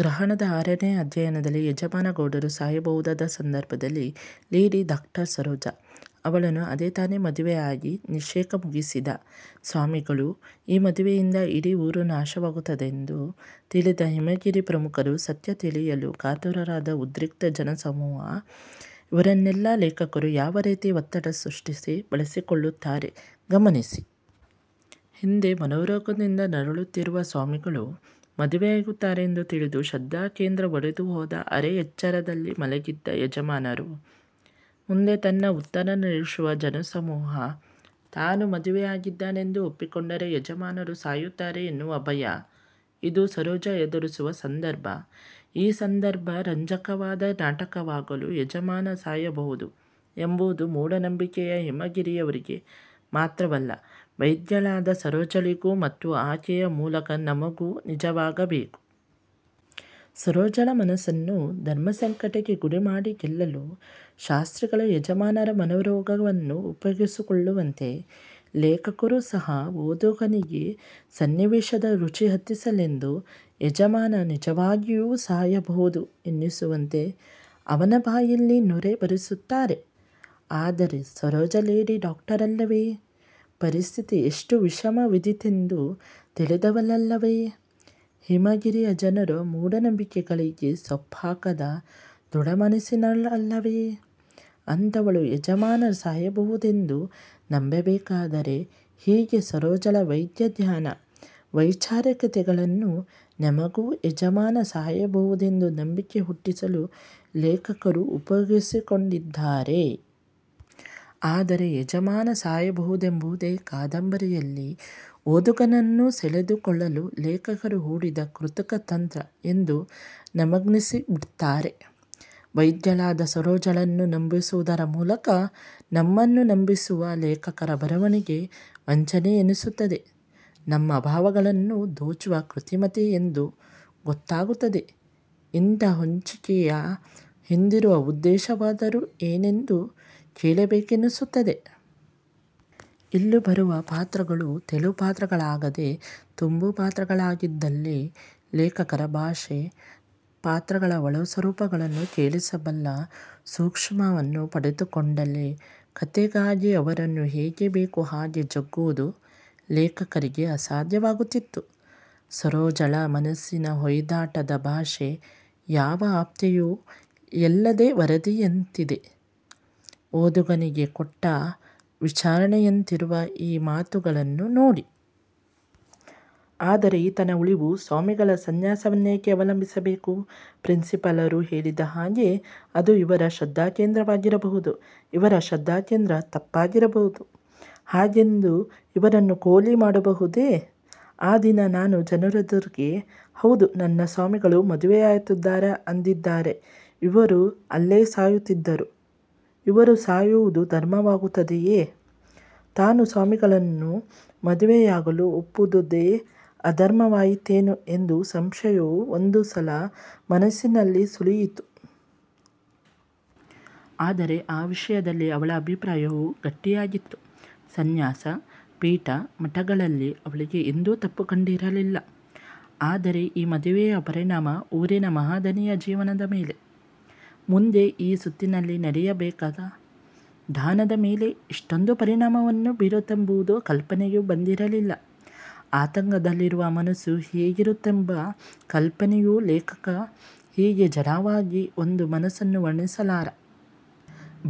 ಗ್ರಹಣದ ಆರನೇ ಅಧ್ಯಾಯದಲ್ಲಿ ಯಜಮಾನ ಗೌಡರು ಸಾಯಬಹುದಾದ ಸಂದರ್ಭದಲ್ಲಿ ಲೇಡಿ ದಾಕ್ಟರ್ ಸರೋಜ, ಅವಳನ್ನು ಅದೇ ತಾನೇ ಮದುವೆಯಾಗಿ ನಿಷೇಕ ಮುಗಿಸಿದ ಸ್ವಾಮಿಗಳು, ಈ ಮದುವೆಯಿಂದ ಇಡೀ ಊರು ನಾಶವಾಗುತ್ತದೆಂದು ತಿಳಿದ ಹಿಮಗಿರಿಯ ಪ್ರಮುಖರು, ಸತ್ಯ ತಿಳಿಯಲು ಕಾತರರಾದ ಉದ್ರಿಕ್ತ ಜನಸಮೂಹ ಇವರೆನ್ನೆಲ್ಲ ಲೇಖಕರು ಯಾವ ರೀತಿಯ ಒತ್ತಡ ಸೃಷ್ಟಿಸಿ ಬಳಸಿಕೊಳ್ಳುತ್ತಾರೆ ಗಮನಿಸಿ. ಹಿಂದೆ ಮನೋರೊಗದಿಂದ ನರಳುತ್ತಿರುವ ಸ್ವಾಮಿಗಳು ಮದುವೆಯಾಗುತ್ತಾರೆಂದು ತಿಳಿದು 'ಶ್ರದ್ಧಾಕೇಂದ್ರ' ಒಡೆದುಹೋದ ಅರೆ ಎಚ್ಚರದಲ್ಲಿ ಮಲಗಿದ ಯಜಮಾನರು, ಮುಂದೆ ತನ್ನ ಉತ್ತರ ನಿರೀಕ್ಷಿಸುವ ಜನಸಮೂಹ, ತಾನು ಮದುವೆಯಾಗಿದ್ದೇನೆಂದು ಒಪ್ಪಿಕೊಂಡರೆ ಯಜಮಾನರು ಸಾಯುತ್ತಾರೆ ಎನ್ನುವ ಭಯ ಇದು ಸರೋಜ ಎದುರಿಸುವ ಸಂದರ್ಭ, ಈ ಸಂದರ್ಭ ರಂಜಕವಾದ ನಾಟಕವಾಗಲು ಯಜಮಾನ ಸಾಯಬಹುದು ಎಂಬುದು ಮೂಢನಂಬಿಕೆಯ ಹಿಮಗಿರಿಯವರಿಗೆ ಮಾತ್ರವಲ್ಲ, ವೈದ್ಯಳಾದ ಸರೋಜಳಿಗೂ ಮತ್ತು ಆಕೆಯ ಮೂಲಕ ನಮಗೂ ನಿಜವಾಗಬೇಕು. ಸರೋಜಳ ಮನಸ್ಸನ್ನು ಧರ್ಮಸಂಕಟಕ್ಕೆ ಗುರಿಮಾಡಿ ಗೆಲ್ಲಲು ಶಾಸ್ತ್ರಿಗಳು ಯಜಮಾನರ ಮನೋರೋಗವನ್ನು ಉಪಯೋಗಿಸಿಕೊಳ್ಳುವಂತೆ, ಲೇಖಕರು ಸಹ ಓದುಗನಿಗೆ ಸನ್ನಿವೇಶದ ರುಚಿ ಹತ್ತಿಸಲೆಂದು ಯಜಮಾನ ನಿಜವಾಗಿಯೂ ಸಾಯಬಹುದು ಎನ್ನಿಸುವಂತೆ ಅವನ ಬಾಯಲ್ಲಿ ನೊರೆ ಬರಿಸುತ್ತಾರೆ. ಆದರೆ ಸರೋಜ ಲೇಡಿ ಡಾಕ್ಟರ್ ಅಲ್ಲವೆ? ಪರಿಸ್ಥಿತಿ ಎಷ್ಟು ವಿಷಮವಿದ್ದೀತೆಂದು ತಿಳಿದಳಲ್ಲವೆ? ಹಿಮಗಿರಿ ಜನರ ಮೂಢನಂಬಿಕೆಗಳಿಗೆ ಸೊಪ್ಪುಹಾಕದ ದೃಡಮನಸ್ಸಿನವಳಲ್ಲವೆ ಅಂಥವಳೂ ಯಜಮಾನ ಸಾಯಬಹುದೆಂದು ನಂಬಬೇಕಾದರೆ ಹೀಗೆ ಸರೋಜಳ ವೈದ್ಯಜ್ಞಾನ, ವೈಚಾರಿಕತೆಗಳನ್ನು ನಮಗೆ ಯಜಮಾನ ಸಾಯಬಹುದೆಂದು ನಂಬಿಕೆ ಹುಟ್ಟಿಸಲು ಲೇಖಕರು ಉಪಯೋಗಿಸಿಕೊಂಡಿದ್ದಾರೆ. ಆದರೆ ಯಜಮಾನ ಸಾಯಬಹುದೆಂಬುದೇ ಕಾದಂಬರಿಯಲ್ಲಿ ಓದುಗನನ್ನು ಸೆಳೆದುಕೊಳ್ಳಲು ಲೇಖಕರು ಹೂಡಿದ ಕೃತಕ ತಂತ್ರ ಎಂದು ನಮಗನ್ನಿಸಿಬಿಟ್ತರೆ, ವೈದ್ಯಳಾದ ಸರೋಜಳನ್ನೂ ನಂಬಿಸುವುದರ ಮೂಲಕ ನಮ್ಮನ್ನು ನಂಬಿಸುವ ಲೇಖಕರ ಬರವಣಿಗೆ ವಂಚನೆ ಎನ್ನಿಸುತ್ತದೆ. ನಮ್ಮ ಭಾವಗಳನ್ನು ದೋಚುವ ಕೃತಿಮತೆ ಎಂದು ಗೊತ್ತಾಗುತ್ತದೆ. ಇಂಥ ಹೊಂಚಿಕೆಯ ಹಿಂದಿರುವ ಉದ್ದೇಶವಾದರೂ ಏನೆಂದು ಕೇಳಬೇಕೆನ್ನಿಸುತ್ತದೆ. ಇಲ್ಲಿ ಬರುವ ಪಾತ್ರಗಳು ತೆಳುಪಾತ್ರಗಳಾಗದೆ ತುಂಬುಪಾತ್ರಗಳಾಗಿದ್ದಲ್ಲಿ, ಲೇಖಕರ ಭಾಷೆ ಪಾತ್ರಗಳ ಒಳಸ್ವರಗಳನ್ನು ಕೇಳಿಸಬಲ್ಲ ಸೂಕ್ಷ್ಮವನ್ನು ಪಡೆದುಕೊಂಡಲ್ಲಿ ಕಥೆಗಾಗಿ ಅವರನ್ನು ಹೇಗೆ ಬೇಕೋ ಹಾಗೆ ಜಗ್ಗುವುದು ಲೇಖಕರಿಗೆ ಅಸಾಧ್ಯಾವಾಗುತ್ತಿತ್ತು. ಸರೋಜಳ ಮನಸ್ಸಿನ ಹೊಯ್ದಾಟದ ಭಾಷೆ ಯಾವ ಆಪ್ತತೆಯೂ ಎಲ್ಲದೆ ವರದಿಯಂತಿದೆ. ಓದುಗನಿಗೆ ಕೊಟ್ಟ ವಿವರಣೆಯಂತಿರುವ ಈ ಮಾತುಗಳನ್ನು ನೋಡಿ. ಆದರೆ ಈತನ ಉಳಿವು ಸ್ವಾಮೆಗಳ ಸನ್ಯಾಸವನ್ನೇಕೆ ಅವಲಂಬಿಸಬೇಕು ಪ್ರಿನ್ಸಿಪಾಲರು ಹೇಳಿದ ಹಾಗೆ ಅದು ಇವರ ಶ್ರದ್ದಾಕೇಂದ್ರವಾಗಿರಬಹುದು. ಇವರ ಶ್ರದ್ಧಾಕೇಂದ್ರ ತಪ್ಪಾಗಿರಬಹುದು, ಹಾಗೆಂದು ಇವರನ್ನು ಕೊಲಿ ಮಾಡಬಹುದೆ? ಆ ದಿನ ನಾನು ಜನರೆದುರಿಗೆ, ಹೌದು, ನನ್ನ ಸ್ವಾಮಿಗಳ ಮದುವೆಯಾಯಿತುಧರ ಅಂದಿದ್ದರೆ ಇವರು ಅಲ್ಲೇ ಸಾಯುತ್ತಿದ್ದರು. ಇವರು ಸಾಯುವುದು ಧರ್ಮವಾಗುತ್ತೆಯೇ ತಾನು ಸ್ವಾಮಿಗಳನ್ನು ಮದುವೆಯಾಗಲು ಒಪ್ಪಿದುದೇ ಅಧರ್ಮವಾಯಿತೇನೋ ಎಂಬ ಸಂಶಯವು ಒಂದು ಸಲಮನಸ್ಸಿನಲ್ಲಿ ಸುಳಿಯಿತು. ಆದರೆ ಆ ವಿಷಯದಲ್ಲಿ ಅವಳ ಅಭಿಪ್ರಾಯವು ಗಟ್ಟಿಯಾಗಿತ್ತು. ಸನ್ಯಾಸ, ಪೀಠ, ಮಠಗಳಲ್ಲಿ ಅವಳಿಗೆ ಎಂದೂ ತಪ್ಪು ಕಂಡಿರಲಿಲ್ಲ. ಆದರೆ ಈ ಮದುವೆಯ ಪರಿಣಾಮವು ಊರಿನ ಮಹಾದಾನಿಯ ಜೀವನದ ಮೇಲೆ, ಮುಂದೆ ಈ ಸುತ್ತಿನಲ್ಲೇ ನಡೆಯಬೇಕಾದ ದಾನದ ಮೇಲೆ ಇಷ್ಟೊಂದು ದುಷ್ಪರಿಣಾಮವನ್ನು ಬೀರುತ್ತದೆಂಬುದು ಕಲ್ಪನೆಗೆ ಬಂದಿರಲಿಲ್ಲ. ಆತಂಕದಲ್ಲಿರುವ ಮನಸ್ಸು ಹೇಗಿರುತ್ತದೆಂಬ ಕಲ್ಪನೆಯಿರುವ ಲೇಖಕ ಹೀಗೆ ಜಡವಾಗಿ ಒಂದು ಮನಸ್ಸನ್ನು ವರ್ಣಿಸಲಾರ.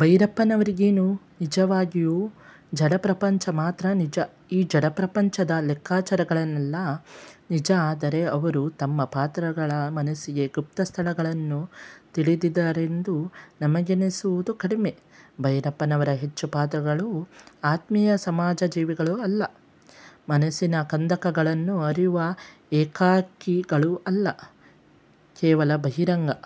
ಭೈರಪ್ಪನವರಿಗೆನ್ ನಿಜವಾಗಿಯೂ ಜಡಪ್ರಪಂಚ ಮಾತ್ರ ನಿಜ, ಈ ಜಡಪ್ರಪಂಚ ದ ಲೆಖ್ಖಾಚಾರಗಳೆಲ್ಲ ನಿಜ ಆದರೆ ಅವರು ತಮ್ಮ ಪಾತ್ರಗಳ ಮನಸ್ಸಿನ ಗುಪ್ತ ಸ್ಥಳಗಳನ್ನು ತಿಳಿದಿದ್ದಾರೆಂದು ನಮಗನ್ನಿಸುವುದು ಕಡಿಮೆ. ಭೈರಪ್ಪನವರ ಹೆಚ್ಚು ಪಾತ್ರಗಳು ಆತ್ಮೀಯ ಸಮಾಜಜೀವಿಗಳೂ ಅಲ್ಲ, ಮನಸ್ಸಿನ ಕಂದಕಗಳನ್ನು ಅರಿಯುವ ಏಕಾಕಿಗಳೂ ಅಲ್ಲ ಕೇವಲ ಬಹಿರಂಗ